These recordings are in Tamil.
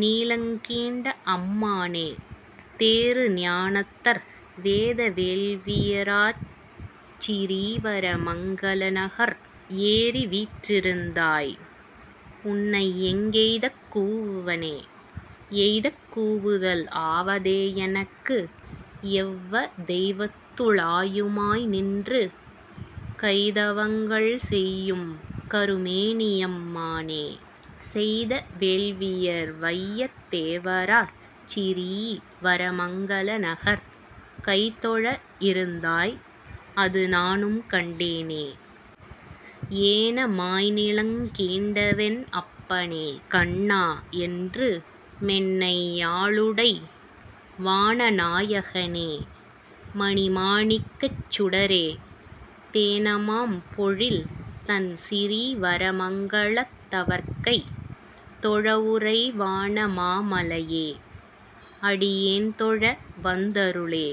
நிலங்கீண்ட அம்மானே, தேறு ஞானத்தர் வேத வேள்வியறாச் சிரீவர மங்கலநகர், ஏறிவீற் றிருந்தாய். உன்னை எங்கெய்தக் கூவுவனே?. எய்தக் கூவுதல் ஆவதே எனக்கு? எவ்வதெய் வத்து ளாயுமாய் நின்று, கைத வங்கள்செய் யும்கரு மேனியம் மானே, செய்த வேள்வியர் வையத் தேவரறாச் சிரீவர மங்கலநகர், கைத்தொழ இருந்தாய் அதுநானும் கண்டேனே.. ஏன மாய்நிலங் கீண்டவென் அப்பனே. கண்ணா. என்று மென்னை யாளுடை, வானநா யகனே. மணிமா ணிக்கச் சுடரே, தேன மாம்பொழில் தண்சிரீ வரமங்கலத் தவர்க்கை தொழவுறை வான மாமலை யே. அடி யேன்தொழ வந்தருளே..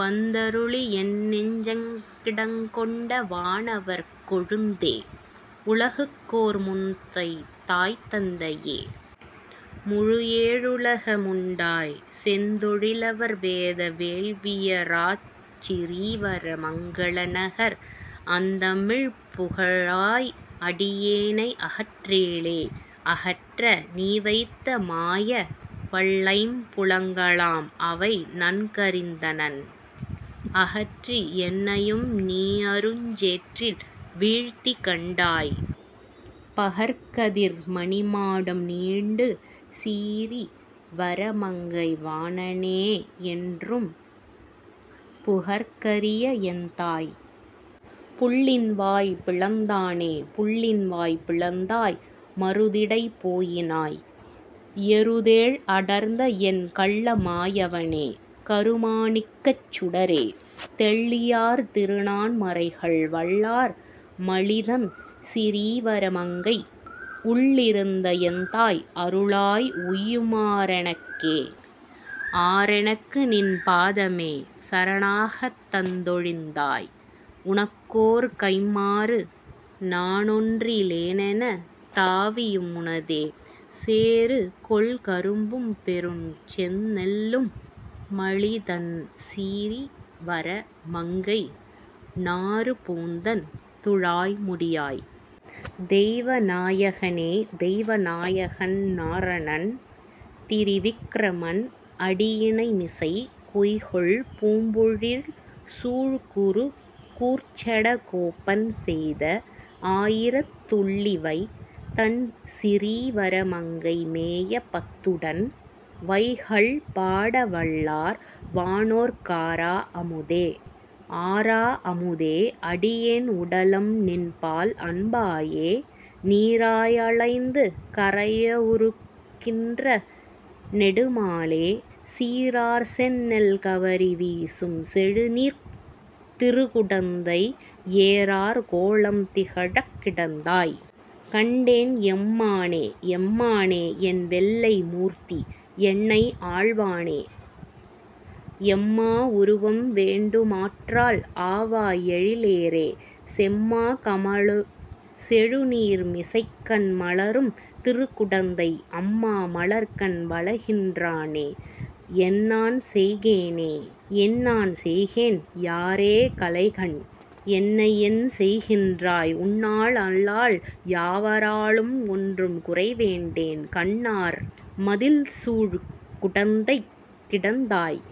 வந்தருளி யென்னெஞ் சிடங்கொண்ட வானவர் கொழுந்தே, உலகுக்கோர் முந்தைத் தாய்தந்தை யே. முழு ஏழுலகு முண்டாய், செந்தொ ழிலவர் வேத வேள்வியறாச் சிரீவர மங்கலநகர், அந்தமில் புகழாய். அடியேனை அகற்றேலே.. அகற்ற நீவைத்த மாயவல் லைம்புலங்களாம் அவை நன்கறிந்தனன், அகற்றி என்னையும் நீஅருஞ் சேற்றில் வீழ்த்தி கண்டாய், பகற்கதிர் மணிமாடம் நீடு சிரீவர மங்கை வாணனே, என்றும் புகற்கரிய எந்தாய். புள்ளின்வாய் பிளந்தானே.. புள்ளின்வாய் பிளந்தாய். மருதிடை போயினாய். எருதேழ் அடர்த்த, என் கள்ள மாயவனே. கருமாணிக்கச் சுடரே, தெள்ளியார் திருநான் மறைகள் வல்லார் மலிதண் சிரீவர மங்கை, உள்ளிருந்த எந்தாய். அருளாய் உய்யுமா றெனக்கே.. ஆறெ னக்குநின் பாதமே சரணாகத் தந்தொழிந்தாய், உனக் கோர் கைம் மாறு நானொன் றிலேனென தாவியு முனதே, சேரு கொள்கரும் பும்பெருஞ் செந்நெல்லும் மலிதண் சிரீவர மங்கை நாறு பூந்தண் துழாய்முடி யாய். தெய்வ நாயகனே. தெய்வ நாயகன் நாரணன் திரிவிக்கிரமன் அடியிணைமிசை, கொய்கொள் பூம்பொழில் சூழ்குரு கூர்ச்சட கோபன் செய்த ஆயிரத் துள்ளிவை தண்சிரீ வரமங்கை மேய பத்துடன், வைகல் பாட வல்லார் வானோர்க் காரா அமுதே. ஆரா அமுதே. அடியேன் உடலம் நின்பால் அன்பாயே, நீராய் அலைந்து கரைய வுருக்குகின்ற நெடுமாலே, சீரார் செந்நெல் கவரி வீசும் செழுநீர்க் திருகுடந்தை, ஏரார் கோலம் திகழக் கிடந்தாய். கண்டேன் எம்மானே.. எம்மா னே. என் வெள்ளை மூர்த்தி. என்னை ஆள்வானே, எம்மா வுருவும் வேண்டு மாற்றால் ஆவாய் எழிலேறே, செம்மா கமலம் செழுநீர் மிசைக்கண்மலரும் திருக்குடந்தை, அம்மா மலர்க்கண் வளர்கின் றானே. என்நான் செய்கேனே.. என்நான் செய்கேன். யாரே களைகண்? என்னையென் செய்கின்றாய்? உன்னால் அல்லால் யாவ ராலும் ஒன்றும் குறைவேண்டேன், கன்னார் மதிள்சூழ் குடந்தைக் கிடந்தாய்.